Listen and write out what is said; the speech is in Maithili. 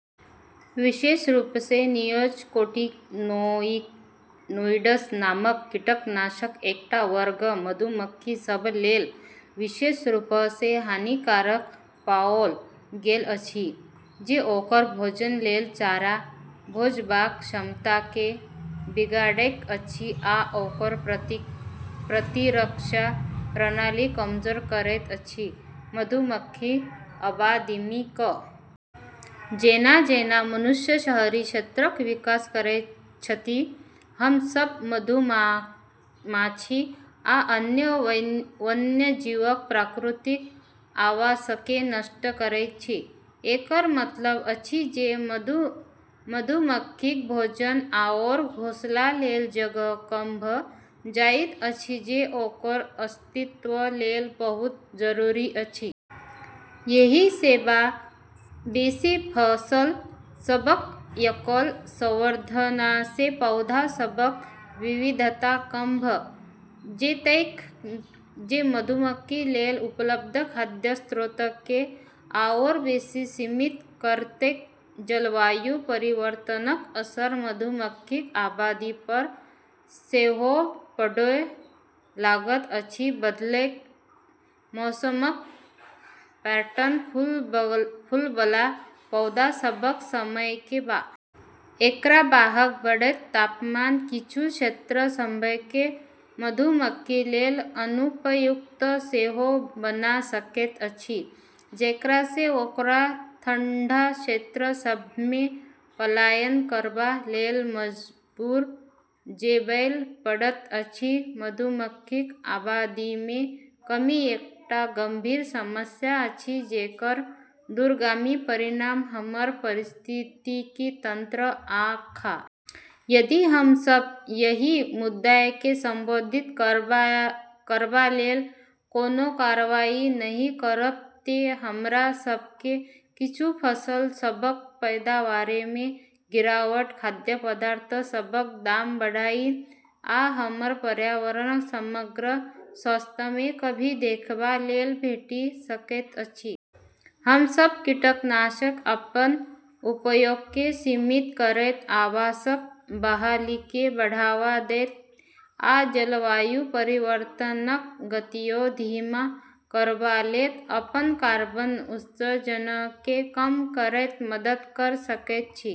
विशेष रूपसँ नियोनिकोटिनोइड्स नामक कीटनाशकक एकटा वर्ग मधुमक्खी सभ लेल विशेष रूपसँ हानिकारक पाओल गेल अछि, जे ओकर भोजन लेल चारा खोजबाक क्षमताकेँ बिगाड़ैत अछि आ ओकर प्रतिरक्षा प्रणाली कमजोर करैत अछि। मधुमक्खीक आबादीमे कमीमे योगदान देबैबला एकटा आओर कारक अछि आवासक नुकसान। जेना-जेना मनुष्य शहरी क्षेत्रक विकास करैत छथि, हम सभ मधुमाछी आ अन्य वन्यजीवक प्राकृतिक आवासकेँ नष्ट करैत छी। एकर मतलब अछि जे मधुमक्खीक भोजन आओर घोंसला लेल जगह कम भऽ जाइत अछि, जे ओकर अस्तित्व लेल बहुत जरूरी अछि। एहिसँ बेसी फसल सभक एकल संवर्धनसँ पौधा सभक विविधता कम भऽ जेतैक, जे मधुमक्खी लेल उपलब्ध खाद्य स्रोतकेँ आओर बेसी सीमित करतैक। जलवायु परिवर्तनक असर मधुमक्खीक आबादी पर सेहो पड़ै लागल अछि। बदलैत मौसमक पैटर्न फूलबला पौधा सभक समयकेँ बाधित कऽ सकैत अछि, जे मधुमक्खी लेल भोजनक उपलब्धताकेँ प्रभावित करैत अछि। एकरा बाहेक बढ़ैत तापमान किछु क्षेत्र सभकेँ मधुमक्खी लेल अनुपयुक्त सेहो बना सकैत अछि, जेकरासँ ओकरा ठंढा क्षेत्र सभमे पलायन करबा लेल मजबूर भऽ जेबैल पड़ैत अछि। मधुमक्खीक आबादीमे कमी एकटा गंभीर समस्या अछि जेकर दूरगामी परिणाम हमर पारिस्थितिकी तंत्र आ खाद्य सुरक्षा लेल भऽ सकैत अछि। यदि हम सभ एहि मुद्दाकेँ संबोधित करबा लेल कोनो कार्रवाई नहि करब तँ हमरा सभकेँ किछु फसल सभक पैदावारमे गिरावट, खाद्य पदार्थ सभक दाम बढ़नाइ, आ हमर पर्यावरणक समग्र स्वास्थ्यमे कमी देखबा लेल भेटि सकैत अछि। हम सभ कीटनाशकक अपन उपयोगकेँ सीमित करैत, आवासक बहालीकेँ बढ़ावा दऽ कऽ, आ जलवायु परिवर्तनक गतिकेँ धीमा करबा लेल अपन कार्बन उत्सर्जनकेँ कम करैत मदद कऽ सकैत छी।